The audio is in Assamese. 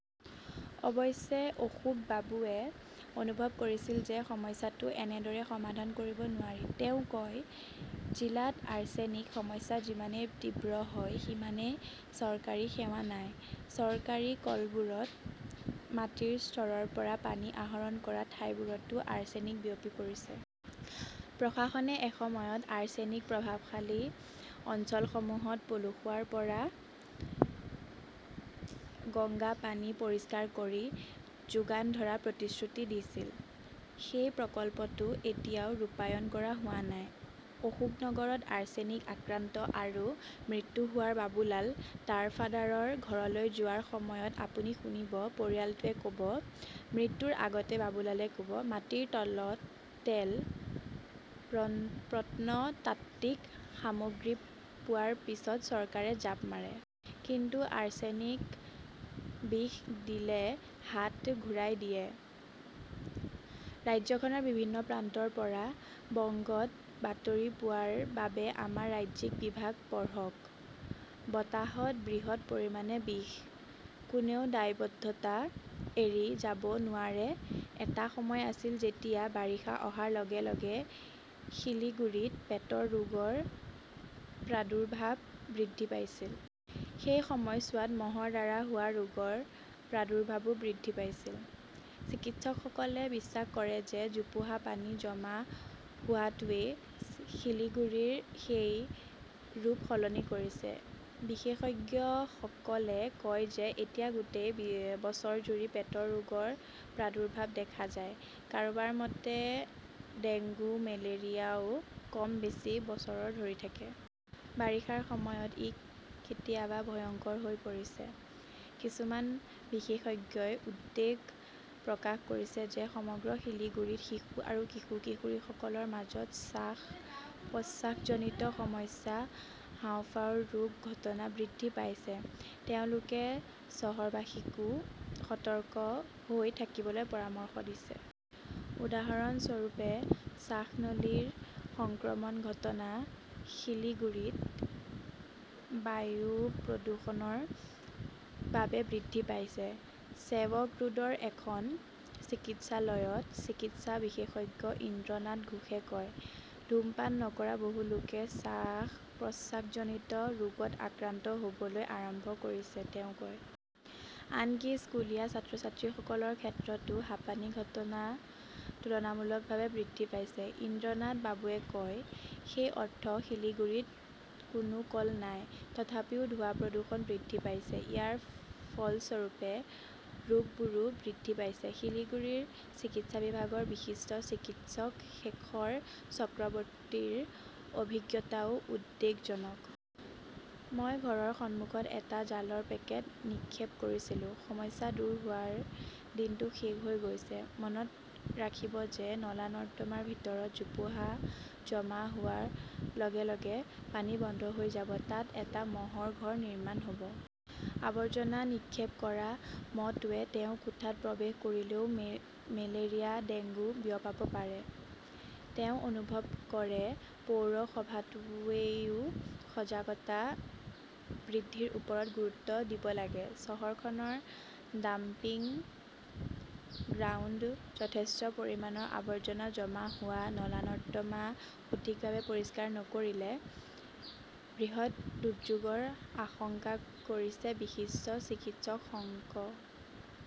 অৱশ্যে অশোকবাবুৱে অনুভৱ কৰিছিল যে সমস্যাটো এনেদৰে সমাধান কৰিব নোৱাৰি। তেওঁ কয়, "জিলাত আৰ্ছেনিক সমস্যা যিমানেই তীব্ৰ হয় সিমানেই চৰকাৰী সেৱা নাই। চৰকাৰী কলবোৰত মাটিৰ স্তৰৰ পৰা পানী আহৰণ কৰা ঠাইবোৰতো আৰ্ছেনিক বিয়পি পৰিছে। "প্ৰশাসনে এসময়ত আৰ্ছেনিক প্ৰভাৱশালী অঞ্চলসমূহত পলসুৱাৰ পৰা গংগাৰ পানী পৰিষ্কাৰ কৰি যোগান ধৰাৰ প্ৰতিশ্ৰুতি দিছিল। সেই প্ৰকল্পটো এতিয়াও ৰূপায়ণ কৰা হোৱা নাই। অশোকনগৰত আৰ্ছেনিক আক্ৰান্ত আৰু মৃত্যু হোৱা বাবুলাল তাৰফাদাৰৰ ঘৰলৈ যোৱাৰ সময়ত আপুনি শুনিব, পৰিয়ালটোৱে ক 'ব, মৃত্যুৰ আগতে বাবুলালে ক' ব, 'মাটিৰ তলত তেল, প্ৰত্নতাত্ত্বিক সামগ্ৰী পোৱাৰ পিছত চৰকাৰে জাপ মাৰে। কিন্তু আৰ্ছেনিক-বিষ দিলে হাত ঘূৰাই দিয়ে। "ৰাজ্যখনৰ বিভিন্ন প্ৰান্তৰ পৰা বংগত বাতৰি পোৱাৰ বাবে আমাৰ ৰাজ্যিক বিভাগ পঢ়ক। বতাহত বৃহৎ পৰিমাণৰ বিষ! কোনেও দায়বদ্ধতা এৰি যাব নোৱাৰে এটা সময় আছিল যেতিয়া বাৰিষা অহাৰ লগে লগে শিলিগুড়িত পেটৰ ৰোগৰ প্ৰাদুৰ্ভাৱ বৃদ্ধি পাইছিল। সেই সময়ছোৱাত মহৰ দ্বাৰা হোৱা ৰোগৰ প্ৰাদুৰ্ভাৱো বৃদ্ধি পাইছিল। চিকিৎসকসকলে বিশ্বাস কৰে যে জোপোহা-পানী জমা হোৱাটোৱে শিলিগুৰিৰ সেই ৰূপ সলনি কৰিছে। বিশেষজ্ঞসকলে কয় যে এতিয়া গোটেই বছৰজুৰি পেটৰ ৰোগৰ প্ৰাদুৰ্ভাৱ দেখা যায়। কাৰোবাৰ মতে, ডেংগু, মেলেৰিয়াও কম বেছি বছৰ ধৰি থাকে। বাৰিষাৰ সময়ত ই কেতিয়াবা ভয়ংকৰ হৈ পৰিছে। কিছুমান বিশেষজ্ঞই উদ্বেগ প্ৰকাশ কৰিছে যে সমগ্ৰ শিলিগুড়িত শিশু আৰু কিশোৰ-কিশোৰীসকলৰ মাজত শ্বাস-প্ৰশ্বাসজনিত সমস্যা, হাঁওফাঁওৰ ৰোগৰ ঘটনা বৃদ্ধি পাইছে। তেওঁলোকে চহৰবাসীকো সতৰ্ক হৈ থাকিবলৈ পৰামৰ্শ দিছে। উদাহৰণস্বৰূপে, শ্বাসনলীৰ সংক্ৰমণৰ ঘটনা সিলিগুৰীত বায়ু প্ৰদূষণৰ বাবে বৃদ্ধি পাইছে ", ছেৱক ৰোডৰ এখন চিকিৎসালয়ত চিকিৎসা বিশেষজ্ঞ ইন্দ্ৰনাথ ঘোষে কয়। ধূমপান নকৰা বহু লোকে শ্বাস-প্ৰশ্বাসজনিত ৰোগত আক্ৰান্ত হ "বলৈ আৰম্ভ কৰিছে, তেওঁ কয়। আনকি স্কুলীয়া ছাত্ৰ-ছাত্ৰীসকলৰ ক্ষেত্ৰতো হাঁপানিৰ ঘটনা তুলনামূলকভাৱে বৃদ্ধি পাইছে। ইন্দ্ৰনাথ বাবুৱে কয়, "সেই অৰ্থত শিলিগুড়িত কোনো কল নাই। তথাপিও ধোঁৱা-প্ৰদূষণ বৃদ্ধি পাইছে। ইয়াৰ ফলস্বৰূপে ৰোগবোৰো বৃদ্ধি পাইছে। "শিলিগুড়িৰ চিকিৎসা বিভাগৰ বিশিষ্ট চিকিৎসক শেখৰ চক্ৰৱৰ্তীৰ অভিজ্ঞতাও উদ্বেগজনক। "মই ঘৰৰ সন্মুখত এটা জালৰ পেকেট নিক্ষেপ কৰিছিলো। সমস্যা দূৰ হোৱাৰ দিনটো শেষ হৈ গৈছে। মনত ৰাখিব যে নলা-নৰ্দমাৰ ভিতৰত জোপোহা জমা হোৱাৰ লগে লগে পানী বন্ধ হৈ যাব। তাত এটা মহৰ ঘৰ নিৰ্মাণ কৰা হ "ব। আৱৰ্জনা নিক্ষেপ কৰা মহটোৱে তেওঁৰ কোঠাত প্ৰৱেশ কৰিলেও মেলেৰিয়া, ডেংগু বিয়পাব পাৰে। "তেওঁ অনুভৱ কৰে যে পৌৰসভাটোৱেও সজাগতা বৃদ্ধিৰ ওপৰত গুৰুত্ব দিব লাগিব। চহৰখনৰ ডাম্পিং গ্ৰাউণ্ড, যথেষ্ট পৰিমাণৰ আৱৰ্জনা জমা হোৱা, নলা-নৰ্দমা সঠিকভাৱে পৰিষ্কাৰ নকৰিলে বৃহৎ দুৰ্যোগৰ আশংকা কৰিছে বিশিষ্ট চিকিৎসক শংক